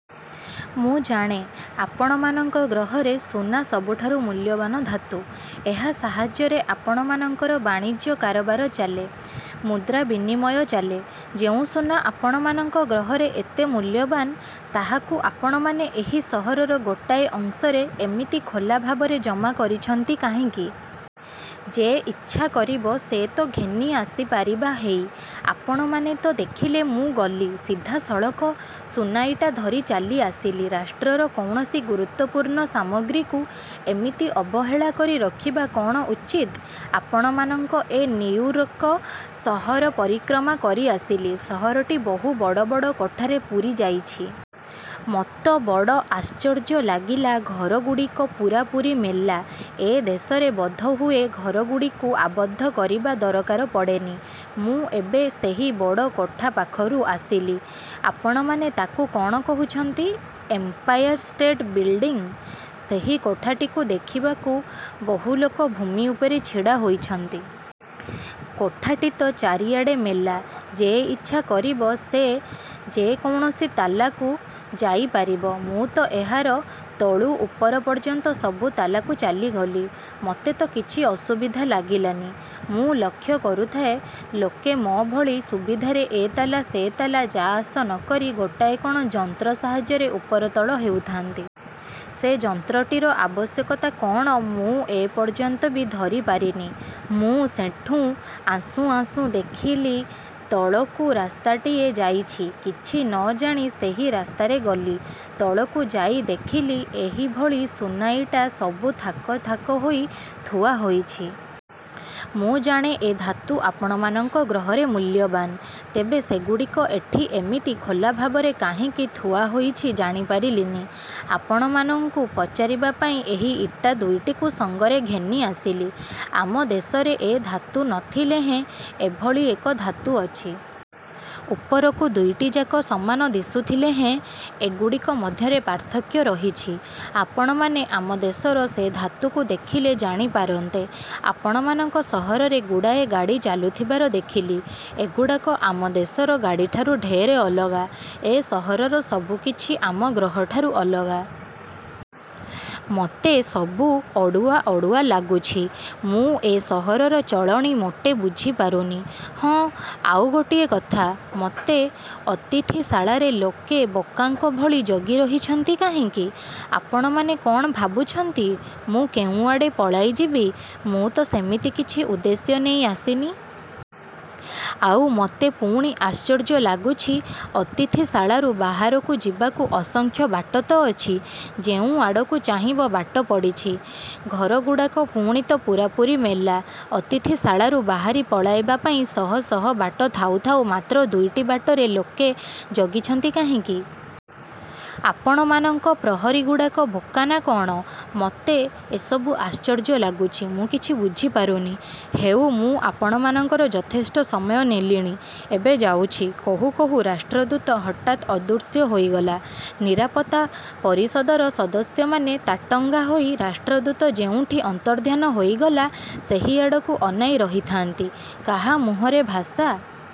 ମୁଁ ଜାଣେ ଆପଣମାନଙ୍କ ଗ୍ରହରେ ସୁନା ସବୁଠାରୁ ମୂଲ୍ୟବାନ ଧାତୁ। ଏହା ସାହାଯ୍ୟରେ ଆପଣମାନଙ୍କର ବାଣିଜ୍ୟ କାରବାର ଚାଲେ, ମୁଦ୍ରା ବିନିମୟ ଚାଲେ। ଯେଉଁ ସୁନା ଆପଣମାନଙ୍କ ଗ୍ରହରେ ଏତେ ମୂଲ୍ୟବାନ, ତାହାକୁ ଆପଣମାନେ ଏହି ସହରର ଗୋଟାଏ ଅଂଶରେ ଏମିତି ଖୋଲା ଭାବରେ ଜମା କରିଛନ୍ତି କାହିଁକି? ଯେ ଇଚ୍ଛା କରିବ, ସେ ତ ଘେନି ଆସିପାରିବା ହେଇ, ଆପଣମାନେ ତ ଦେଖିଲେ ମୁଁ ଗଲି, ସିଧାସଳଖ ସୁନାଇଟା ଧରି ଚାଲିଆସିଲି। ରାଷ୍ଟ୍ରର କୌଣସି ଗୁରୁତ୍ୱପୂର୍ଣ୍ଣ ସାମଗ୍ରୀକୁ ଏମିତି ଅବହେଳା କରି ରଖିବା କ'ଣ ଉଚିତ? ଆପଣମାନଙ୍କ ଏ ନିଉୟର୍କ ସହର ପରିକ୍ରମା କରି ଆସିଲି, ସହରଟି ବହୁ ବଡ଼ ବଡ଼ କୋଠାରେ ପୂରିଯାଇଛି। ମୋତ ବଡ଼ ଆଶ୍ଚର୍ଯ୍ୟ ଲାଗିଲା ଘରଗୁଡ଼ିକ ପୂରାପୂରି ମେଲା, ଏ ଦେଶରେ ବୋଧହୁଏ, ଘରଗୁଡ଼ିକୁ ଆବଦ୍ଧ କରିବା ଦରକାର ପଡ଼େନି। ମୁଁ ଏବେ ସେହି ବଡ଼ କୋଠାପାଖରୁ ଆସିଲି। ଆପଣମାନେ ତାକୁ କ'ଣ କହୁଛନ୍ତି, ଏମ୍ପାୟାରଷ୍ଟେଟ୍ ବିଲଡିଂ। ସେହି କୋଠାଟିକୁ ଦେଖିବାକୁ ବହୁଲୋକ ଭୂମି ଉପରେ ଛିଡ଼ା ହୋଇଛନ୍ତି। କୋଠାଟି ତ ଚାରିଆଡ଼େ ମେଲା, ଯେ ଇଚ୍ଛା କରିବ, ସେ ଯେ କୌଣସି ତାଲାକୁ ଯାଇପାରିବ। ମୁଁ ତ ଏହାର ତଳୁ ଉପର ପର୍ଯ୍ୟନ୍ତ ସବୁ ତାଲାକୁ ଚାଲିଗଲି। ମୋତେ ତ କିଛି ଅସୁବିଧା ଲାଗିଲାନି। ମୁଁ ଲକ୍ଷ୍ୟ କରୁଥାଏ, ଲୋକେ ମୋ ଭଳି ସୁବିଧାରେ ଏ ତାଲା ସେ ତାଲା ଯା-ଆସ ନ କରି ଗୋଟାଏ କ'ଣ ଯନ୍ତ୍ର ସାହାଯ୍ୟରେ ଉପରତଳ ହେଉଥାନ୍ତି। ସେ ଯନ୍ତ୍ରଟିର ଆବଶ୍ୟକତା କଅଣ ମୁଁ ଏ ପର୍ଯ୍ୟନ୍ତ ବି ଧରିପାରିନି। ମୁଁ ସେଠୁଁ ଆସୁଁ ଆସୁଁ ଦେଖିଲି ତଳକୁ ରାସ୍ତାଟିଏ ଯାଇଛି। କିଛି ନ ଜାଣି ସେହି ରାସ୍ତାରେ ଗଲି। ତଳକୁ ଯାଇଦେଖିଲି ଏହି ଭଳି ସୁନାଇଟା ସବୁ ଥାକ ଥାକ ହୋଇ ଥୁଆ ହୋଇଛି। ମୁଁ ଜାଣେ ଏ ଧାତୁ ଆପଣମାନଙ୍କ ଗ୍ରହରେ ମୂଲ୍ୟବାନ। ତେବେ ସେଗୁଡ଼ିକ ଏଠି ଏମିତି ଖୋଲାଭାବରେ କାହିଁକି ଥୁଆହୋଇଛି ଜାଣିପାରିଲିନି-। ଆପଣମାନଙ୍କୁ ପଚାରିବା ପାଇଁ ଏହି ଇଟା ଦୁଇଟିକୁ ସଙ୍ଗରେ ଘେନିଆସିଲି। ଆମ ଦେଶରେ ଏ ଧାତୁ ନ ଥିଲେ ହେଁ ଏଭଳି ଏକ ଧାତୁ ଅଛି। ଉପରକୁ ଦୁଇଟିଯାକ ସମାନ ଦିଶୁଥିଲେ ହେଁ ଏଗୁଡ଼ିକ ମଧ୍ୟରେ ପାର୍ଥକ୍ୟ ରହିଛି। ଆପଣମାନେ ଆମଦେଶର ସେ ଧାତୁକୁ ଦେଖିଲେ ଜାଣିପାରନ୍ତେ। ଆପଣମାନଙ୍କ ସହରରେ ଗୁଡ଼ାଏ ଗାଡ଼ି ଚାଲୁଥିବାର ଦେଖିଲି। ଏଗୁଡ଼ାକ ଆମ ଦେଶର ଗାଡ଼ିଠାରୁ ଢେର ଅଲଗା। ଏ ସହରର ସବୁ କିଛି ଆମ ଗ୍ରହଠାରୁ ଅଲଗା-। ମୋତେ ସବୁ ଅଡ଼ୁଆ ଅଡ଼ୁଆ ଲାଗୁଛି। ମୁଁ ଏ ସହରର ଚଳଣି ମୋଟେ ବୁଝି ପାରୁନି। '' ''ହଁ, ଆଉ ଗୋଟିଏ କଥା, ମୋତେ ଅତିଥିଶାଳାରେ ଲୋକେ ବୋକାଙ୍କ ଭଳି ଜଗି ରହିଛନ୍ତି କାହିଁକି? ଆପଣମାନେ କ'ଣ ଭାବୁଛନ୍ତି ମୁଁ କେଉଁଆଡ଼େ ପଳାଇଯିବି? ମୁଁ ତ ସେମିତି କିଛି ଉଦ୍ଦେଶ୍ୟ ନେଇ ଆସିନି। ଆଉ ମୋତେ ପୁଣି ଆଶ୍ଚର୍ଯ୍ୟ ଲାଗୁଛି ଅତିଥିଶାଳାରୁ ବାହାରକୁ ଯିବାକୁ ଅସଂଖ୍ୟ ବାଟ ତ ଅଛି। ଯେଉଁ ଆଡ଼କୁ ଚାହିଁବ, ବାଟ ପଡ଼ିଛି। ଘରଗୁଡ଼ାକ ପୁଣି ତ ପୂରାପୂରି ମେଲା। ଅତିଥିଶାଳାରୁ ବାହାରି ପଳାଇବା ପାଇଁ ଶହ ଶହ ବାଟ ଥାଉ ଥାଉ ମାତ୍ର ଦୁଇଟି ବାଟରେ ଲୋକେ ଜଗିଛନ୍ତି କାହିଁକି? ଆପଣମାନଙ୍କ ପ୍ରହରୀଗୁଡ଼ାକ ବୋକା ନା କଅଣ? ମୋତେ ଏସବୁ ଆଶ୍ଚର୍ଯ୍ୟ ଲାଗୁଛି। ମୁଁ କିଛି ବୁଝିପାରୁନି। ହେଉ ମୁଁ ଆପଣମାନଙ୍କର ଯଥେଷ୍ଟ ସମୟ ନେଲିଣି; ଏବେ ଯାଉଛି। '' କହୁ କହୁ ରାଷ୍ଟ୍ରଦୂତ ହଠାତ୍ ଅଦୃଶ୍ୟ ହୋଇଗଲା। ନିରାପତ୍ତାପରିଷଦର ସଦସ୍ୟମାନେ ତାଟଙ୍ଗା ହୋଇ ରାଷ୍ଟ୍ରଦୂତ ଯେଉଁଠି ଅନ୍ତର୍ଦ୍ଧାନ ହୋଇଗଲା, ସେହି ଆଡ଼କୁ ଅନାଇ ରହିଥାନ୍ତି। କାହା ମୁହଁରେ ଭାଷା